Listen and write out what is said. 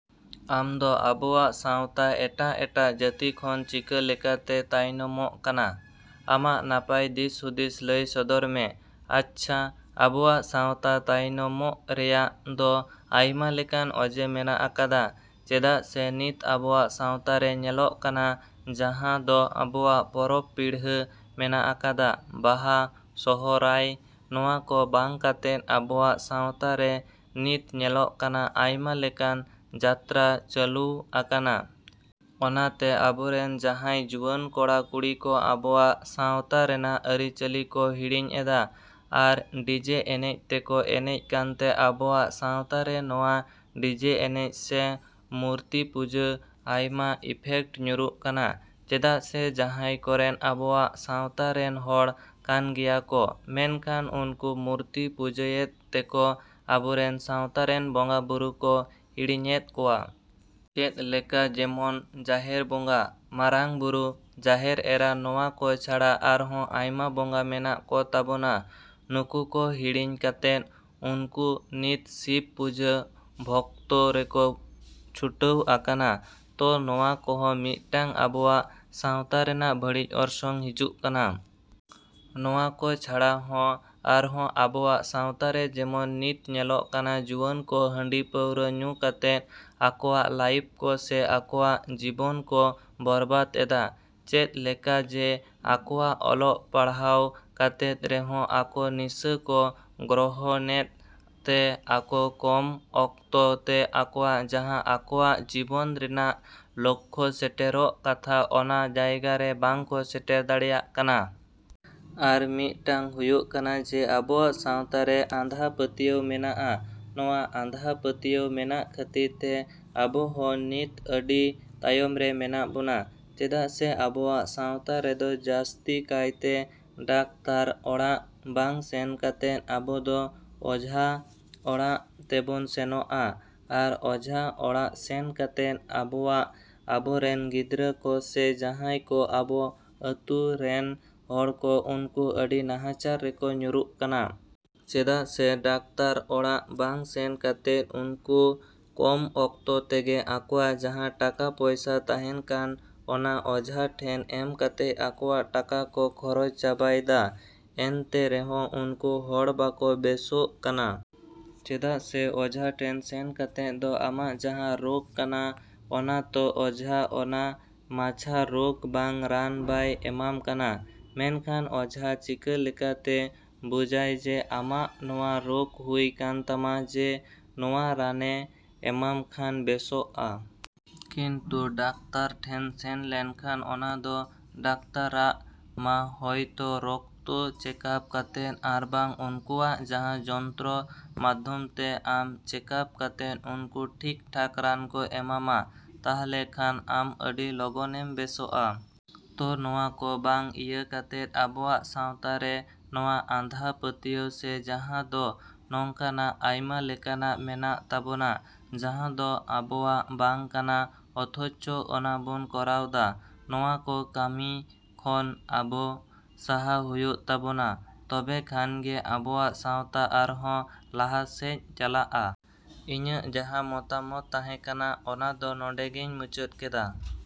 ᱟᱢᱫᱚ ᱟᱵᱚᱣᱟᱜ ᱥᱟᱶᱛᱟ ᱮᱴᱟᱜ ᱮᱴᱟᱜ ᱡᱟᱹᱛᱤ ᱠᱷᱚᱱ ᱪᱤᱠᱟᱹ ᱞᱮᱠᱟᱛᱮ ᱛᱟᱭᱱᱚᱢᱚᱜ ᱠᱟᱱᱟ? ᱟᱢᱟᱜ ᱱᱟᱯᱟᱭ ᱫᱤᱥᱦᱩᱫᱤᱥ ᱞᱟᱹᱭ ᱥᱚᱫᱚᱨ ᱢᱮ᱾ ᱟᱪᱪᱷᱟ, ᱟᱵᱚᱣᱟᱜ ᱥᱟᱶᱛᱟ ᱛᱟᱭᱚᱢᱚᱜ ᱨᱮᱭᱟᱜ ᱫᱚ ᱟᱭᱢᱟ ᱞᱮᱠᱟᱱ ᱚᱡᱮ ᱢᱮᱱᱟᱜ ᱟᱠᱟᱫᱟ᱾ ᱪᱮᱫᱟᱜ ᱥᱮ ᱱᱤᱛ ᱟᱵᱚᱣᱟᱜ ᱥᱟᱶᱛᱟᱨᱮ ᱧᱮᱞᱚᱜ ᱠᱟᱱᱟ ᱡᱟᱦᱟᱸ ᱫᱚ ᱟᱵᱚᱣᱟᱜ ᱯᱚᱨᱚᱵᱽ ᱯᱤᱲᱦᱟᱹ ᱢᱮᱱᱟᱜ ᱟᱠᱟᱫᱟ, ᱵᱟᱦᱟ, ᱥᱚᱦᱚᱨᱟᱭ, ᱱᱚᱣᱟ ᱠᱚ ᱵᱟᱝ ᱠᱟᱛᱮᱫ ᱟᱵᱚᱣᱟᱜ ᱥᱟᱶᱛᱟᱨᱮ ᱱᱤᱛ ᱧᱮᱞᱚᱜ ᱠᱟᱱᱟ ᱟᱭᱢᱟ ᱞᱮᱠᱟᱱ ᱡᱟᱛᱨᱟ ᱪᱟᱹᱞᱩᱣ ᱟᱠᱟᱱᱟ᱾ ᱚᱱᱟᱛᱮ ᱟᱵᱚᱨᱮᱱ ᱡᱟᱦᱟᱸᱭ ᱡᱩᱣᱟᱹᱱ ᱠᱚᱲᱟ ᱠᱩᱲᱤ ᱠᱚ ᱟᱵᱚᱣᱟᱜ ᱥᱟᱶᱛᱟ ᱨᱮᱱᱟᱜ ᱟᱹᱨᱤᱪᱟᱞᱤ ᱠᱚ ᱦᱤᱲᱤᱧᱮᱫᱟ ᱟᱨ ᱰᱤᱡᱮ ᱮᱱᱮᱡ ᱛᱮᱠᱚ ᱮᱱᱮᱡ ᱠᱟᱱᱛᱮ ᱟᱵᱚᱣᱟᱜ ᱥᱟᱶᱛᱟᱨᱮ ᱱᱚᱣᱟ ᱰᱤᱡᱮ ᱮᱱᱮᱡ ᱥᱮ ᱢᱩᱨᱛᱤᱯᱩᱡᱟ ᱟᱭᱢᱟ ᱤᱯᱷᱮᱠᱴ ᱧᱩᱨᱩᱜ ᱠᱟᱱᱟ᱾ ᱪᱮᱫᱟᱜ ᱥᱮ ᱡᱟᱦᱟᱭ ᱠᱚᱨᱮᱱ ᱟᱵᱚᱣᱟᱜ ᱥᱟᱶᱛᱟᱨᱮᱱ ᱦᱚᱲ ᱠᱟᱱᱜᱮᱭᱟ ᱠᱚ, ᱢᱮᱱᱠᱷᱟᱱ ᱩᱱᱠᱩ ᱢᱩᱨᱛᱤ ᱯᱩᱡᱟᱹᱭᱮᱫ ᱛᱮᱠᱚ ᱟᱵᱚᱨᱮᱱ ᱥᱟᱶᱛᱟᱨᱮᱱ ᱵᱚᱸᱜᱟ ᱵᱩᱨᱩ ᱠᱚ ᱦᱤᱲᱤᱧᱮᱫ ᱠᱚᱣᱟ᱾ ᱪᱮᱫ ᱞᱮᱠᱟ ᱡᱮᱢᱚᱱ ᱡᱟᱦᱮᱨ ᱵᱚᱸᱜᱟ, ᱢᱟᱨᱟᱝ ᱵᱩᱨᱩ, ᱡᱟᱦᱮᱨ ᱮᱨᱟ, ᱱᱚᱣᱟ ᱠᱚ ᱪᱷᱟᱲᱟ ᱟᱨᱦᱚᱸ ᱟᱭᱢᱟ ᱵᱚᱸᱜᱟ ᱢᱮᱱᱟᱜ ᱠᱚ ᱛᱟᱵᱚᱱᱟ᱾ ᱱᱩᱠᱩ ᱠᱚ ᱦᱤᱲᱤᱧ ᱠᱟᱛᱮᱫ ᱩᱱᱠᱩ ᱱᱤᱛ ᱥᱤᱵ ᱯᱩᱡᱟᱹ ᱵᱷᱚᱠᱛᱚ ᱨᱮᱠᱚ ᱪᱷᱩᱴᱟᱹᱣ ᱟᱠᱟᱱᱟ᱾ ᱛᱚ ᱱᱚᱣᱟ ᱠᱚᱦᱚᱸ ᱢᱤᱫᱴᱟᱝ ᱟᱵᱚᱣᱟᱜ ᱥᱟᱶᱛᱟ ᱨᱮᱱᱟᱜ ᱵᱟᱹᱲᱤᱡ ᱚᱨᱥᱚᱝ ᱦᱤᱡᱩᱜ ᱠᱟᱱᱟ᱾ ᱱᱚᱣᱟ ᱠᱚ ᱪᱷᱟᱲᱟ ᱦᱚᱸ ᱟᱨᱦᱚᱸ ᱟᱵᱚᱣᱟᱜ ᱥᱟᱶᱛᱟᱨᱮ ᱡᱮᱢᱚᱱ ᱱᱤᱛ ᱧᱮᱞᱚᱜ ᱠᱟᱱᱟ ᱡᱩᱣᱟᱹᱱ ᱠᱚ ᱦᱟᱺᱰᱤ ᱯᱟᱹᱣᱨᱟᱹ ᱧᱩ ᱠᱟᱛᱮᱫ ᱟᱠᱚᱣᱟᱜ ᱞᱟᱭᱤᱯᱷ ᱠᱚ ᱥᱮ ᱟᱠᱚᱣᱟᱜ ᱡᱤᱵᱚᱱ ᱠᱚ ᱵᱚᱨᱵᱟᱫᱽ ᱮᱫᱟ᱾ ᱪᱮᱫ ᱞᱮᱠᱟ ᱡᱮ ᱟᱠᱚᱣᱟᱜ ᱚᱞᱚᱜ ᱯᱟᱲᱦᱟᱣ ᱠᱟᱛᱮᱫ ᱨᱮᱦᱚᱸ ᱟᱠᱚ ᱱᱤᱥᱟᱹ ᱠᱚ ᱜᱨᱚᱦᱚᱱᱮᱫ ᱛᱮ ᱟᱠᱚ ᱠᱚᱢ ᱚᱠᱛᱚᱛᱮ ᱟᱠᱚᱣᱟᱜ ᱡᱟᱦᱟᱸ ᱟᱠᱚᱣᱟᱜ ᱡᱤᱵᱚᱱ ᱨᱮᱱᱟᱜ ᱞᱚᱠᱠᱷᱚ ᱥᱮᱴᱮᱨᱚᱜ ᱠᱟᱛᱷᱟ ᱚᱱᱟ ᱡᱟᱭᱜᱟ ᱨᱮ ᱵᱟᱝ ᱠᱚ ᱥᱮᱴᱮᱨ ᱫᱟᱲᱮᱭᱟᱜ ᱠᱟᱱᱟ᱾ ᱟᱨ ᱢᱤᱫᱴᱟᱝ ᱦᱩᱭᱩᱜ ᱠᱟᱱᱟ ᱡᱮ ᱟᱵᱚᱣᱟᱜ ᱥᱟᱶᱛᱟᱨᱮ ᱟᱸᱫᱷᱟᱯᱟᱹᱛᱭᱟᱹᱣ ᱢᱮᱱᱟᱜ-ᱟ᱾ ᱱᱚᱣᱟ ᱟᱸᱫᱷᱟᱯᱟᱹᱛᱭᱟᱹᱣ ᱢᱮᱱᱟᱜ ᱠᱷᱟᱹᱛᱤᱨᱛᱮ ᱟᱵᱚ ᱦᱚᱸ ᱱᱤᱛ ᱟᱹᱰᱤ ᱛᱟᱭᱚᱢ ᱨᱮ ᱢᱮᱱᱟᱜ ᱵᱚᱱᱟ᱾ ᱪᱮᱫᱟᱜ ᱥᱮ ᱟᱵᱚᱣᱟᱜ ᱥᱟᱶᱛᱟᱨᱮ ᱫᱚ ᱡᱟᱥᱛᱤ ᱠᱟᱭᱛᱮ ᱰᱟᱠᱛᱟᱨ ᱚᱲᱟᱜ ᱵᱟᱝ ᱥᱮᱱ ᱠᱟᱛᱮᱫ ᱟᱵᱚ ᱫᱚ ᱚᱡᱷᱟ ᱚᱲᱟᱜ ᱛᱮᱵᱚᱱ ᱥᱮᱱᱚᱜ-ᱟ ᱟᱨ ᱚᱡᱷᱟ ᱚᱲᱟᱜ ᱥᱮᱱ ᱠᱟᱛᱮᱫ ᱟᱵᱚᱣᱟᱜ ᱟᱵᱚᱨᱮᱱ ᱜᱤᱫᱽᱨᱟᱹ ᱠᱚ ᱥᱮ ᱡᱟᱦᱟᱭ ᱠᱚ ᱟᱵᱚ ᱟᱹᱛᱩ ᱨᱮᱱ ᱦᱚᱲ ᱠᱚ ᱩᱱᱠᱩ ᱟᱹᱰᱤ ᱱᱟᱦᱟᱪᱟᱨ ᱨᱮᱠᱚ ᱧᱩᱨᱩᱜ ᱠᱟᱱᱟ᱾ ᱪᱮᱫᱟᱜ ᱥᱮ ᱰᱟᱠᱛᱟᱨ ᱚᱲᱟᱜ ᱵᱟᱝ ᱥᱮᱱ ᱠᱟᱛᱮᱫ ᱩᱱᱠᱩ ᱠᱚᱢ ᱚᱠᱛᱚ ᱛᱮᱜᱮ ᱟᱠᱚᱣᱟᱜ ᱡᱟᱦᱟᱸ ᱴᱟᱠᱟ ᱯᱚᱭᱥᱟ ᱛᱟᱦᱮᱱ ᱠᱟᱱ ᱚᱱᱟ ᱚᱡᱷᱟ ᱴᱷᱮᱱ ᱮᱢ ᱠᱟᱛᱮᱫ ᱟᱠᱚᱣᱟᱜ ᱴᱟᱠᱟ ᱠᱚ ᱠᱷᱚᱨᱚᱪ ᱪᱟᱵᱟᱭᱫᱟ ᱮᱱᱛᱮ ᱨᱮᱦᱚᱸ ᱩᱱᱠᱩ ᱦᱚᱲ ᱵᱟᱠᱚ ᱵᱮᱥᱳᱜ ᱠᱟᱱᱟ᱾ ᱪᱮᱫᱟᱜ ᱥᱮ ᱚᱡᱷᱟᱴᱷᱮᱱ ᱥᱮᱱ ᱠᱟᱛᱮᱫ ᱫᱚ ᱟᱢᱟᱜ ᱡᱟᱦᱟᱸ ᱨᱳᱜᱽ ᱠᱟᱱᱟ ᱚᱱᱟᱛᱚ ᱚᱡᱷᱟ ᱚᱱᱟ ᱢᱟᱪᱷᱟ ᱨᱳᱜᱽ ᱵᱟᱝ ᱨᱟᱱ ᱵᱟᱭ ᱮᱢᱟᱢ ᱠᱟᱱᱟ᱾ ᱢᱮᱱᱠᱷᱟᱱ ᱚᱡᱷᱟ ᱪᱤᱠᱟᱹ ᱞᱮᱠᱟᱛᱮ ᱵᱩᱡᱟᱭ ᱡᱮ ᱟᱢᱟᱜ ᱱᱚᱣᱟ ᱨᱳᱜᱽ ᱦᱩᱭ ᱠᱟᱱᱛᱟᱢᱟ ᱡᱮ ᱱᱚᱣᱟ ᱨᱟᱱᱮ ᱮᱢᱟᱢ ᱠᱷᱟᱱ ᱵᱮᱥᱚᱜ-ᱟ᱾ ᱠᱤᱱᱛᱩ ᱰᱟᱠᱛᱟᱨ ᱴᱷᱮᱱ ᱥᱮᱱ ᱞᱮᱱᱠᱷᱟᱱ ᱚᱱᱟ ᱫᱚ ᱰᱟᱠᱛᱟᱨᱟᱜ ᱢᱟ ᱦᱚᱭᱛᱚ ᱨᱚᱠᱛᱚ ᱪᱮᱠᱟᱯ ᱠᱟᱛᱮᱫ ᱟᱨᱵᱟᱝ ᱩᱱᱠᱩᱣᱟᱜ ᱡᱟᱦᱟᱸ ᱡᱚᱱᱛᱨᱚ ᱢᱟᱫᱫᱷᱚᱢ ᱛᱮ ᱟᱢ ᱪᱮᱠᱟᱯ ᱠᱟᱛᱮᱫ ᱩᱱᱠᱩ ᱴᱷᱤᱠ ᱴᱷᱟᱠ ᱨᱟᱱ ᱠᱚ ᱮᱢᱟᱢᱟ᱾ ᱛᱟᱦᱞᱮ ᱠᱷᱟᱱ ᱟᱢ ᱟᱹᱰᱤ ᱞᱚᱜᱚᱱᱮᱢ ᱵᱮᱥᱚᱜ-ᱟ᱾ ᱛᱚ ᱱᱚᱣᱟ ᱠᱚ ᱵᱟᱝ ᱤᱭᱟᱹ ᱠᱟᱛᱮᱫ ᱟᱵᱚᱣᱟᱜ ᱥᱟᱶᱛᱟᱨᱮ ᱱᱚᱣᱟ ᱟᱸᱫᱷᱟ ᱯᱟᱹᱛᱭᱟᱹᱣ ᱥᱮ ᱡᱟᱦᱟᱸ ᱫᱚ ᱱᱚᱠᱟᱱᱟᱜ ᱟᱭᱢᱟ ᱞᱮᱠᱟᱱᱟᱜ ᱢᱮᱱᱟᱜ ᱛᱟᱵᱚᱱᱟ ᱡᱟᱦᱟᱸ ᱫᱚ ᱟᱵᱚᱣᱟᱜ ᱵᱟᱝ ᱠᱟᱱᱟ ᱚᱛᱷᱚᱪᱚ ᱚᱱᱟ ᱵᱚᱱ ᱠᱚᱨᱟᱣ ᱫᱟ᱾ ᱱᱚᱣᱟ ᱠᱚ ᱠᱟᱢᱤ ᱠᱷᱚᱱ ᱟᱵᱚ ᱥᱟᱦᱟ ᱦᱩᱭᱩᱜ ᱛᱟᱵᱚᱱᱟ ᱛᱚᱵᱮ ᱠᱷᱟᱱ ᱜᱮ ᱟᱵᱚᱣᱟᱜ ᱥᱟᱶᱛᱟ ᱟᱨᱦᱚᱸ ᱞᱟᱦᱟᱥᱮᱡ ᱪᱟᱞᱟᱜ-ᱟ᱾ ᱤᱧᱟᱜ ᱡᱟᱦᱟᱸ ᱢᱚᱛᱟᱢᱚᱛ ᱛᱟᱦᱮ ᱠᱟᱱᱟ ᱚᱱᱟ ᱫᱚ ᱱᱚᱰᱮᱜᱮᱧ ᱢᱩᱪᱟᱹᱫ ᱠᱮᱫᱟ᱾